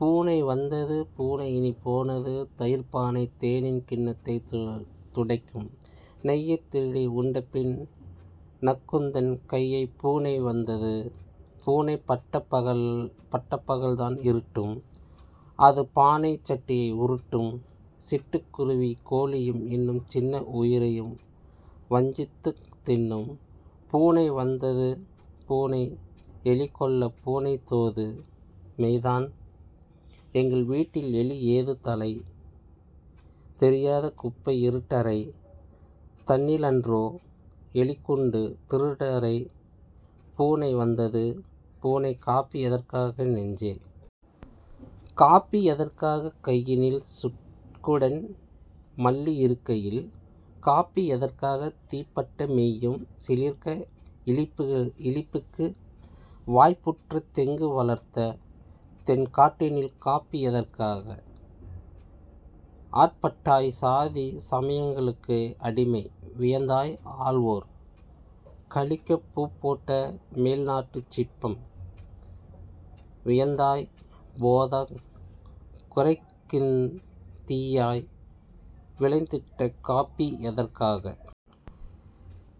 பூனை வந்தது பூனை இனிப் போனது தயிர்ப் பானை தேனின் கிண்ணத்தைத் துடைக்கும் நெய்யைத் திருடி உண்டபின் நக்குந்தன் கையைப் பூனை வந்தது பூனை பட்டப் பகல்தான் இருட்டும் அது பானை சட்டியை உருட்டும் சிட்டுக் குருவியும் கோழியும் இன்னும் சின்ன உயிரையும் வஞ்சித்துத் தின்னும் பூனை வந்தது பூனை எலிகொல்லப் பூனை தோது மெய்தான் எங்கள் வீட்டில் எலி ஏது தலை தெரியாத குப்பை இருட்டறை தன்னிலன்றோ எலிக்குண்டு திருட்டறை பூனை வந்தது பூனை காப்பி எதற்காக நெஞ்சே? காப்பி எதற்காக கையினில் சுக்குடன் மல்லி இருக்கையில் காப்பி எதற்காக தீப்பட்ட மெய்யும் சிலிர்க்க இளிப்புக்கு வாய்ப்புற்ற தெங்கு வளர்த்த தென்காட்டினில் காப்பி எதற்காக? ஆட்பட்டாய் சாதி சமயங்களுக்கே அடிமை வியந்தாய் ஆள்வோர் களிக்கப் பூப்போட்ட மேல்நாட்டுச் சிப்பம் வியந்தாய் போதாக் குறைக்கிங்கு தீயாய் விளைந்திட்ட காப்பி எதற்காக?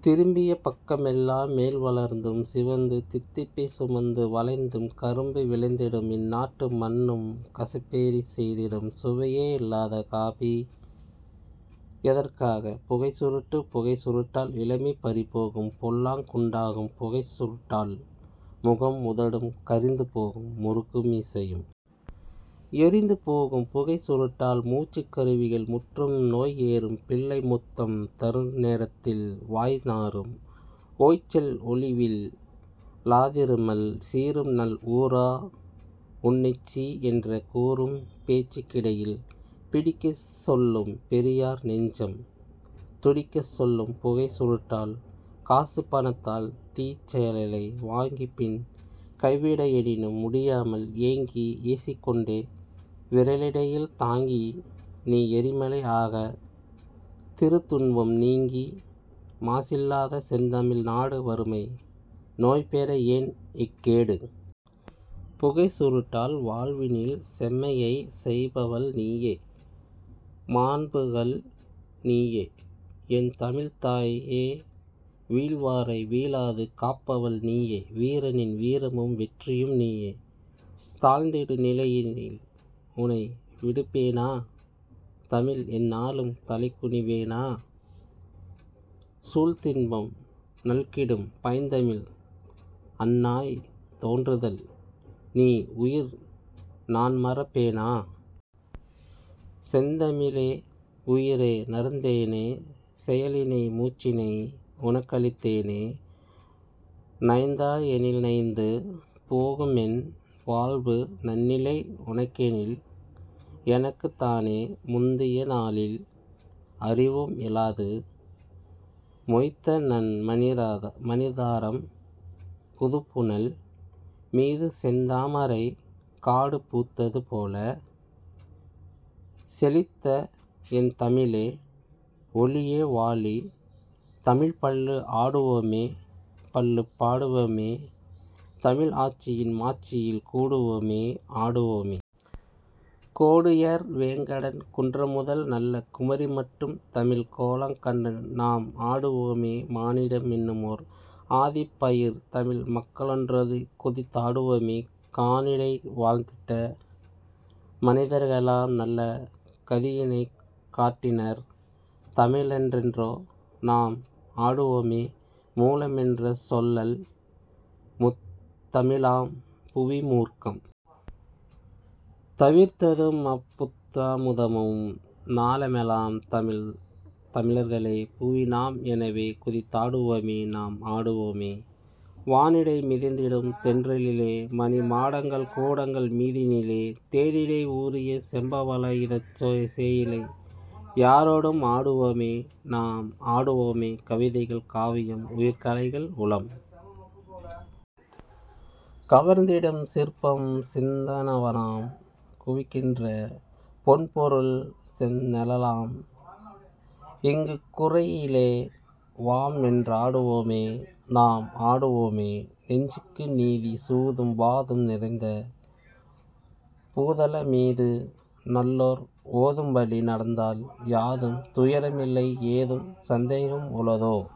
திரும்பிய பக்கமெல் லாம்மேல் வளர்ந்தும் சிவந்து தித்திப்பைச் சுமந்து வளைந்தும் கரும்பு விளைந்திடும் இந்நாட்டு மண்ணும் கசப்பேறச் செய்திடும் சுவையே இலாத காப்பி எதற்காக? புகைச் சுருட்டு புகைச் சுருட்டால் இளமை பறிபோகும் பொல்லாங் குண்டாகும் புகைச் சுருட்டால்! முகம் உதடும் கரிந்துபோகும் முறுக்கு மீசையும் எரிந்து போகும் புகைச் சுருட்டால் மூச்சுக் கருவிகள் முற்றும் நோய்ஏறும் பிள்ளை முத்தம் தருநே ரத்தில் வாய் நாறும் ஓய்ச்சல் ஒழிவில் லாதிருமல் சீறும் நல் ஊரோ உன்னைச் சீ என்றே கூறும் பேச்சுக் கிடையில் பிடிக்கச் சொல்லும் பெரியார் நெஞ்சம் துடிக்கச் சொல்லும் புகைச் சுருட்டால் காசுபணத்தால் தீச்செயலை வாங்கிப் பின் கைவிட எண்ணினும் முடியாமல் ஏங்கி ஏசிக்கொண்டே விரலிடையில் தாங்கி நீ எரிமலை ஆகா திருதுன்பம் நீங்கி மாசில்லாத செந்தமிழ் நாடு வறுமை நோய்பெற ஏன் இக்கேடு? புகைச் சுருட்டால் வாழ்வினில் செம்மையைச் செய்பவள் நீயே மாண்புகள் நீயே என் தமிழ்த் தாயே வீழ்வாரை வீழாது காப்பவள் நீயே வீரனின் வீரமும் வெற்றியும் நீயே தாழ்ந்திடு நிலையினில் உனை விடுப்பேனோ தமிழன்எந் நாளும் தலைகுனி வேனோ? சூழ்ந்தின்பம் நல்கிடும் பைந்தமிழ் அன்னாய் தோன்றுதல் நீஉயிர் நான்மறப் பேனோ? செந்தமிழே! உயிரே நறுந்தேனே செயலினை மூச்சினை உனக்களித்தேனே நைந்தா யெனில்நைந்து போகுமென் வாழ்வு நன்னிலை உனக்கெனில் எனக்கு தானே! முந்திய நாளினில் அறிவும் இலாது மொய்த்தநன் மனிதராம் புதுப்புனல் மீது செந்தாமரைக் காடு பூத்தது போல செழித்தஎன் தமிழே ஒளிய வாழே! தமிழ்ப் பள்ளு ஆடுவமே பள்ளுப் பாடுவமேதமிழ் ஆட்சியின் மாட்சியில் கூடுவமே ஆடுவமே! கோடுயர் வேங்கடக் குன்றமுதல் நல்ல குமரிமட்டும் தமிழர் கோலங் கண்டே நாம் ஆடுவமே மானிடம் என்னுமோர் ஆதிப்பயிர் தமிழ் மக்களென் றேகுதித் தாடுவமே கானிடை வாழ்ந்திட்ட மனிதர்க்கெலாம் நல்ல கதியினைக் காட்டினர் தமிழ் ரென்ரென்று நாம் ஆடுவமே மூலமென்ற சொல்லல் முத் தமிழாம் புவி மூர்க்கம் தவிர்த்ததும் அப் புத்தமுதாம் ஞாலமெலாம் தமிழ் தமிழர்களே புவி நாம் எனவே குதித் தாடுவமே நாம் ஆடுவோமே வானிடை மிதந்திடும் தென்றலிலே மணி மாடங்கள் கூடங்கள் மீதினிலே தேனிடை ஊறிய செம்பவழ இதழ்ச் சேயிழை யாரொடும் ஆடுவமே நாம் ஆடுவோமே கவிதைகள் காவியம் உயர்கலைகள் உளம் கவர்ந்திடும் சிற்பமும் சிந்தனவனாம் குவிகின்ற பொன்பொருள் செந்நெலெலாம் இங்குக் குறையில வாம் என்றாடுவமே நாம் ஆடுவமே நெஞ்சுக்கு நீதி சூதும் வாதும் நிறைந்த பூதலமீது நல்லோர் ஓதும்வழி நடந்தால் யாதும் துயரமில்லை ஏதும் சந்தேகம் உளதோ